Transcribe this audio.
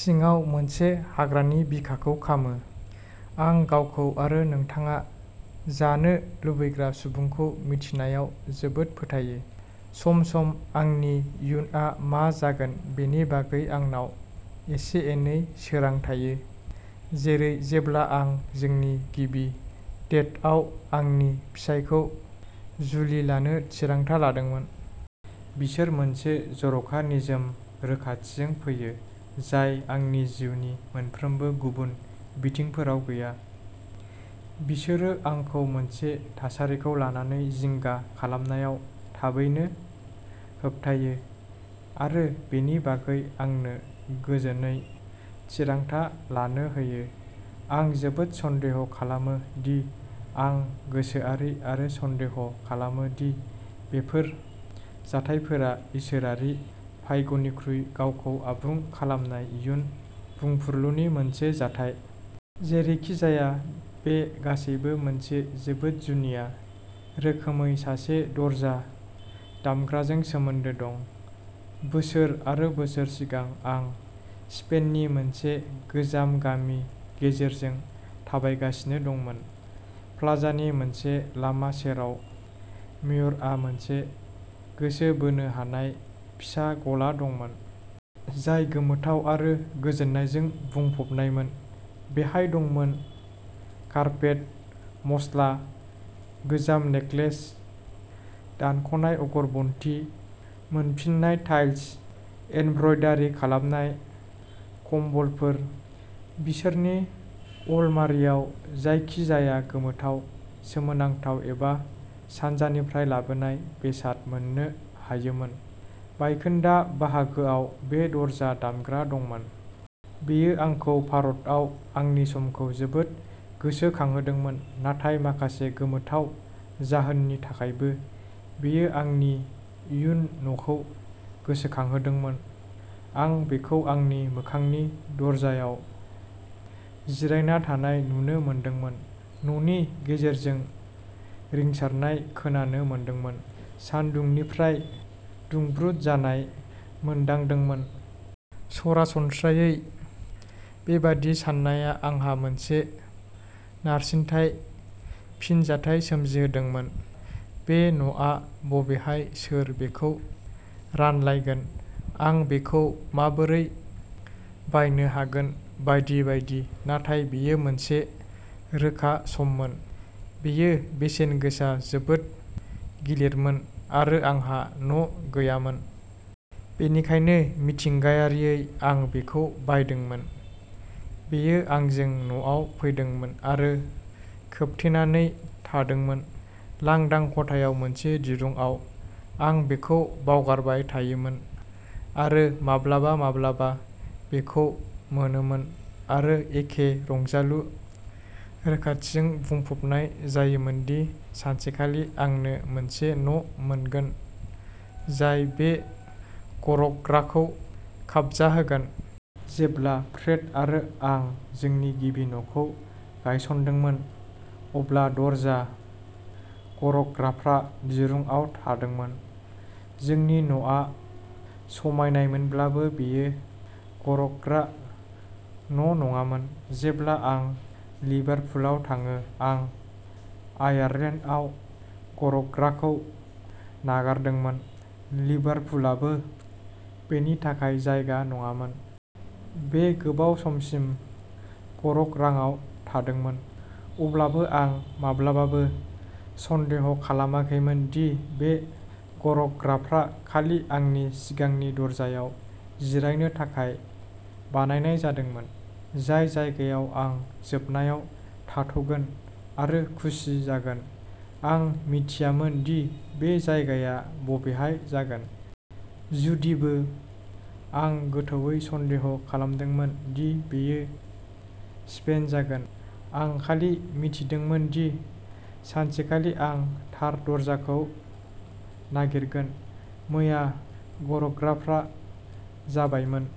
सिङाव मोनसे हाग्रानि बिखाखौ खामो। आं गावखौ आरो नोंथाङा जानो लुबैग्रा सुबुंखौ मिथिनायाव जोबोद फोथायो। सम-सम आंनि इयुनआ मा जागोन बेनि बागै आंनाव एसे-एनै सोरां थायो। जेरै जेब्ला आं जोंनि गिबि डेटआव आंनि फिसायखौ जुलि लानो थिरांथा लादोंमोन। बिसोर मोनसे जर'खा निजोम रोखाथिजों फैयो जाय आंनि जिउनि मोनफ्रोमबो गुबुन बिथिंफोराव गैया। बिसोरो आंखौ मोनसे थासारिखौ लानानै जिंगा खालामनायाव थाबैनो होबथायो। आरो बेनि बागै आंनो गोजोनै थिरांथा लानो होयो। आं जोबोद सन्देह खालामो दि आं गोसोआरि आरो सन्देह खालामो दि बेफोर जाथायफोरा इसोरारि भाग्यनिख्रुइ गावखौ आबुं खालामनाय इयुन बुंफुरलुनि मोनसे जाथाय। जेरैखिजाया बे गासैबो मोनसे जोबोद जुनिया रोखोमै सासे दरजा दामग्राजों सोमोन्दो दं। बोसोर आरो बोसोर सिगां आं स्पेननि मोनसे गोजान गामि गेजेरजों थाबायगासिनो दंमोन। प्लाजानि मोनसे लामा सेराव मेयरआ मोनसे गोसो बोनो हानाय फिसा गला दंमोन। जाय गोमोथाव आरो गोजोननायजों बुंफबनायमोन। बेहाय दंमोन। कार्पेट, मस्ला, गोजाम नेकलेस, दानख'नाय अगरबत्ती, मोनफिननाय टाइल्स, एमब्रयदारि खालामनाय कम्बलफोर। बिसोरनि अलमारियाव जायखिजाया गोमोथाव, सोमोनांथाव एबा सानजानिफ्राय लाबोनाय बेसाद मोननो हायोमोन। बायखोन्दा बाहागोआव बे दरजा दामग्रा दंमोन। बेयो आंखौ भारतआव आंनि समखौ जोबोद गोसोखांहोदोंमोन नाथाय माखासे गोमोथाव जाहोननि थाखायबो बेयो आंनि इयुन न'खौ गोसोखांहोदोंमोन। आं बेखौ आंनि मोखांनि दरजायाव जिरायना थानाय नुनो मोनदोंमोन। न'नि गेजेरजों रिंसारनाय खोनानो मोनदोंमोन। सान्दुंनिफ्राय दुंब्रुद जानाय मोनदांदोंमोन। सरासनस्रायै बेबादि साननाया आंहा मोनसे नारसिनथाय फिनजाथाय सोमजिहोदोंमोन। बे न'आ बबेहाय सोर बेखौ रानलायगोन। आं बेखौ माबोरै बायनो हागोन बायदि बायदि नाथाय बेयो मोनसे रोखा सममोन। बेयो बेसेन गोसा जोबोद गिलिरमोन आरो आंहा न' गैयामोन। बेनिखायनो मिथिंगायारियै आं बेखौ बायदोंमोन। बेयो आंजों न'आव फैदोंमोन आरो खोबथेनानै थादोंमोन। लांदां खथायाव मोनसे दिरुंआव। आं बेखौ बावगारबाय थायोमोन आरो माब्लाबा माब्लाबा बेखौ मोनोमोन आरो एखे रंजालु रोखाथिजों बुंफबनाय जायोमोनदि सानसेखालि आंनो मोनसे न' मोनगोन जाय बे गरख'ग्राखौ खाबजाहोगोन। जेब्ला फ्रेड आरो आं जोंनि गिबि न'खौ गायसनदोंमोन, अब्ला दरजा गरख'ग्राफ्रा दिरुंआव थादोंमोन। जोंनि न'आ समायनामोनब्लाबो बेयो गरख'ग्रा न' नङामोन। जेब्ला आं लिभारपुलआव थाङो आं आयारलेन्डआव गरख'ग्राखौ नागारदोंमोन। लिभारपुलाबो बेनि थाखाय जायगा नङामोन। बेयो गोबाव समसिम गरख'राङाव थादोंमोन। अब्लाबो आं माब्लाबाबो सन्देह खालामाखैमोन दि बे गरख'ग्राफ्रा खालि आंनि सिगांनि दरजायाव जिरायनो थाखाय बानायनाय जादोंमोन। जाय जायगायाव आं जोबनायाव थाथ'गोन आरो खुसि जागोन। आं मिथियामोन दि बे जायगाया बबेहाय जागोन। जुदिबो आं गोथौवै सन्देह खालामदोंमोन दि बेयो स्पेन जागोन। आं खालि मिथिदोंमोन दि सानसेखालि आं थार दरजाखौ नागिरगोन। मैया गरख'ग्राफ्रा जाबायमोन।